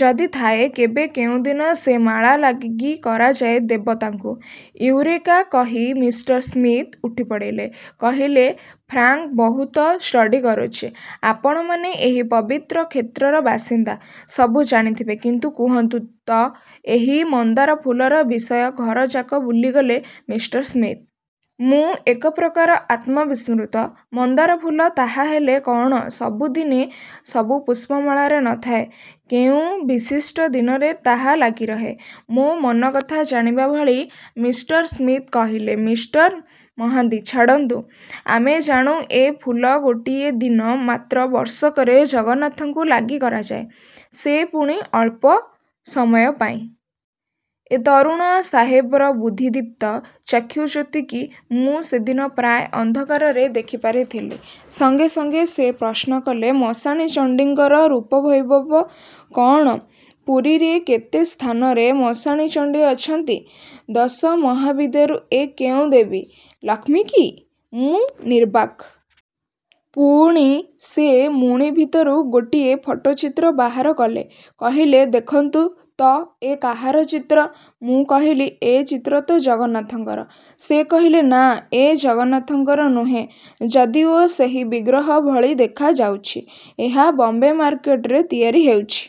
ଯଦି ଥାଏ, କେବେ କେଉଁଦିନ ସେ ମାଳା ଲାଗିକରାଯାଏ ଦେବତାଙ୍କୁ। "ଇଉରେକା" କହି ମିଷ୍ଟର ସ୍ମିଥ୍ ଉଠିପଡ଼ିଲେ–କହିଲେ, "ଫ୍ରାଙ୍କ୍ ବହୁତ ଷ୍ଟଡ଼ି କରୁଛି। ଆପଣମାନେ ଏହି ପବିତ୍ର କ୍ଷେତ୍ରର ବାସିନ୍ଦା। ସବୁ ଜାଣିଥିବେ; କିନ୍ତୁ କୁହନ୍ତୁ ତ, ଏହି ମନ୍ଦାର ଫୁଲର ବିଷୟ… " ଘରଯାକ ବୁଲିଗଲେ ମିଷ୍ଟର ସ୍ମିଥ୍। ମୁଁ ଏକପ୍ରକାର ଆତ୍ମ-ବିସ୍ମୃତ… ମନ୍ଦାର ଫୁଲ ତାହାହେଲେ କଅଣ ସବୁଦିନେ ସବୁ ପୁଷ୍ପମାଳାରେ ନଥାଏ? କେଉଁ ବିଶିଷ୍ଟ ଦିନରେ ତାହା ଲାଗିରହେ? ମୋ ମନକଥା ଜାଣିବା ଭଳି ମିଷ୍ଟର ସ୍ମିଥ୍ କହିଲେ–ମିଷ୍ଟର ମହାନ୍ତି-ଛାଡ଼ନ୍ତୁ, ଆମେ ଜାଣୁ ଏ ଫୁଲ ଗୋଟିଏ ଦିନ ମାତ୍ର ବର୍ଷକରେ ଜଗନ୍ନାଥଙ୍କୁ ଲାଗିକରାଯାଏ, ସେ ପୁଣି ଅଳ୍ପ ସମୟପାଇଁ। ଏ ତରୁଣ ସାହେବର ବୁଦ୍ଧିଦୀପ୍ତ ଚକ୍ଷୁଜ୍ୟୋତିକୁ ମୁଁ ସେଦିନ ପ୍ରାୟ ଅନ୍ଧକାରରେ ଦେଖିପାରିଥିଲି। ସଙ୍ଗେ ସଙ୍ଗେ ସେ ପ୍ରଶ୍ନ କଲେ– ମଶାଣି ଚଣ୍ଡୀଙ୍କର ରୂପବୈଭବ କଅଣ? ପୁରୀରେ କେତେ ସ୍ଥାନରେ ମଶାଣି ଚଣ୍ଡୀ ଅଛନ୍ତି? ଦଶମହାବିଦ୍ୟାରୁ ଏ କେଉଁ ଦେବୀ? ଲକ୍ଷ୍ମୀ କି? ମୁଁ ନିର୍ବାକ୍। ପୁଣି ସେ ମୁଣି ଭିତରୁ ଗୋଟିଏ ଫଟୋଚିତ୍ର ବାହାର କଲେ, କହିଲେ-ଦେଖନ୍ତୁ ତ ଏ କାହାର ଚିତ୍ର? ମୁଁ କହିଲି–ଏ ଚିତ୍ର ତ ଜଗନ୍ନାଥଙ୍କର… ସେ କହିଲେ, ନା ଏହା ଜଗନ୍ନାଥଙ୍କର ନୁହେଁ, ଯଦିଓ ସେହି ବିଗ୍ରହ ଭଳି ଦେଖାଯାଉଛି-। ଏହା ବମ୍ବେ ମାର୍କେଟରେ ତିଆରି ହେଉଛି।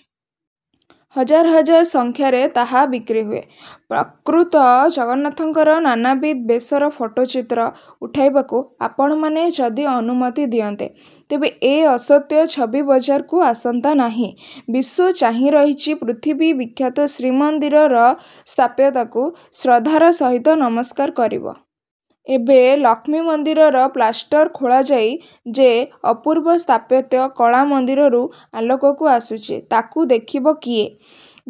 ହଜାର ହଜାର ସଂଖ୍ୟାରେ ତାହା ବିକ୍ରି ହୁଏ। ପ୍ରକୃତ ଜଗନ୍ନାଥଙ୍କର ନାନାବିଧ ବେଶର ଫଟୋଚିତ୍ର ଉଠାଇବାକୁ ଆପଣମାନେ ଯଦି ଅନୁମତି ଦିଅନ୍ତେ, ତେବେ ଏ ଅସତ୍ୟ ଛବି ବଜାରକୁ ଆସନ୍ତା ନାହିଁ। ବିଶ୍ଵ ଚାହିଁରହିଛି ପୃଥିବୀ ବିଖ୍ୟାତ ଶ୍ରୀମନ୍ଦିରର ସ୍ଥାପତ୍ୟକୁ ଶ୍ରଦ୍ଧାର ସହିତ ନମସ୍କାର କରିବ। ଏବେ ଲକ୍ଷ୍ମୀ ମନ୍ଦିରର ପ୍ଲାଷ୍ଟର ଖୋଳାଯାଇ ଯେ ଅପୂର୍ବ ସ୍ଥାପତ୍ୟ-କଳା ମନ୍ଦିରରୁ ଆଲୋକକୁ ଆସୁଛି, ତାକୁ ଦେଖିବ କିଏ?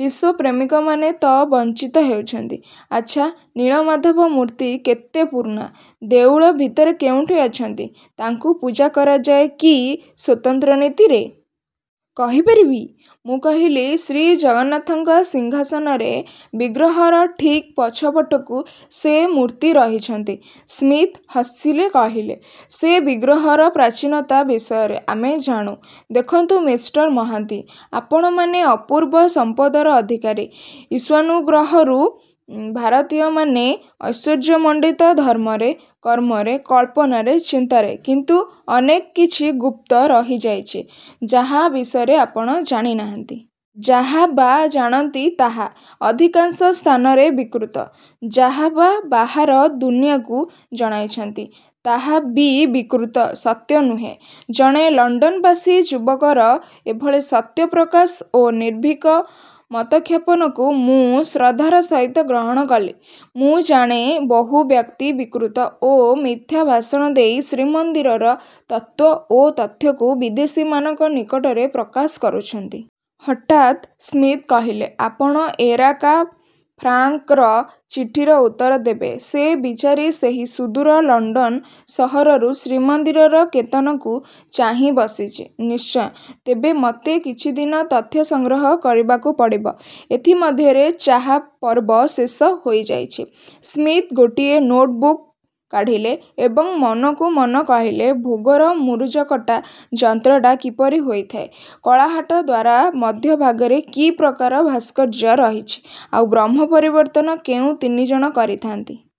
ବିଶ୍ୱପ୍ରେମିକମାନେ ତ ବଞ୍ଚିତ ହେଉଛନ୍ତି… ଆଚ୍ଛା, ନୀଳମାଧବ ମୂର୍ତ୍ତି କେତେ ପୁରୁଣା? ଦେଉଳ ଭିତରେ କେଉଁଠି ଅଛନ୍ତି-? ତାଙ୍କୁ ପୂଜା କରାଯାଏ କି ସ୍ଵତନ୍ତ୍ର ନୀତିରେ? କହିପାରିବେ? ମୁଁ କହିଲି, ଶ୍ରୀଜଗନ୍ନାଥଙ୍କ ସିଂହାସନରେ ବିଗ୍ରହର ଠିକ୍ ପଛପଟକୁ ସେ ମୂର୍ତ୍ତି ରହିଛନ୍ତି-। ସ୍ମିଥ୍ ହସିଲେ-କହିଲେ, ସେ ବିଗ୍ରହର ପ୍ରାଚୀନତା ବିଷୟରେ ଆମେ ଜାଣୁ। ଦେଖନ୍ତୁ ମିଷ୍ଟର ମହାନ୍ତି, ଆପଣମାନେ ଅପୂର୍ବ ସମ୍ପଦର ଅଧିକାରୀ। ଈଶ୍ୱରାନୁଗ୍ରହରୁ ଭାରତୀୟମାନେ ଐଶ୍ୱର୍ଯ୍ୟମଣ୍ଡିତ-ଧର୍ମରେ, କର୍ମରେ, କଳ୍ପନାରେ, ଚିନ୍ତାରେ। କିନ୍ତୁ ଅନେକ କିଛି ଗୁପ୍ତ ରହିଯାଇଛି, ଯାହା ବିଷୟରେ ଆପଣ ଜାଣିନାହାନ୍ତି। ଯାହା ବା ଜାଣନ୍ତି ତାହା। ଅଧିକାଂଶ ସ୍ଥାନରେ ବିକୃତ। ଯାହା ବା ବାହାର ଦୁନିଆକୁ ଜଣାଇଛନ୍ତି, ତାହା ବି ବିକୃତ; ସତ୍ୟ ନୁହେଁ। ଜଣେ ଲଣ୍ଡନବାସୀ ଯୁବକର ଏଭଳି ସତ୍ୟ-ପ୍ରକାଶ ଓ ନିର୍ଭୀକ ମତଖ୍ୟାପନକୁ ମୁଁ ଶ୍ରଦ୍ଧାର ସହିତ ଗ୍ରହଣକଲି। ମୁଁ ଜାଣେ ବହୁ ବ୍ୟକ୍ତି ବିକୃତ ଓ ମିଥ୍ୟା ଭାଷଣ ଦେଇ ଶ୍ରୀମନ୍ଦିରର ତତ୍ତ୍ଵ ଓ ତଥ୍ୟକୁ ବିଦେଶୀମାନଙ୍କ ନିକଟରେ ପ୍ରକାଶ କରୁଛନ୍ତି। ହଠାତ୍ ସ୍ମିଥ୍ କହିଲେ–ଆପଣ ଏରାକା ଫ୍ରାଙ୍କ୍ର ଚିଠିର ଉତ୍ତର ଦେବେ। ସେ ବିଚାରି ସେହି ସୁଦୂର ଲଣ୍ଡନ ସହରରୁ ଶ୍ରୀମନ୍ଦିରର କେତନକୁ ଚାହିଁବସିଛି। -ନିଶ୍ଚୟ, ତେବେ ମତେ କିଛିଦିନ ତଥ୍ୟ ସଂଗ୍ରହ କରିବାକୁ ପଡ଼ିବ। ଏଥିମଧ୍ୟରେ ଚାହା ପର୍ବ ଶେଷ ହୋଇଯାଇଛି। ସ୍ମିଥ୍ ଗୋଟିଏ ନୋଟ୍ ବୁକ୍ କାଢ଼ିଲେ ଏବଂ ମନକୁ ମନ କହିଲେ–"ଭୋଗର ମୁରୁଜକଟା ଯନ୍ତ୍ରଟା କିପରି ହୋଇଥାଏ, କଳାହାଟ ଦ୍ଵାର ମଧ୍ୟଭାଗରେ କି ପ୍ରକାର ଭାସ୍କର୍ଯ୍ୟ ରହିଛି, ଆଉ ବ୍ରହ୍ମ ପରିବର୍ତ୍ତନ କେଉଁ ତିନିଜଣ କରିଥାନ୍ତି?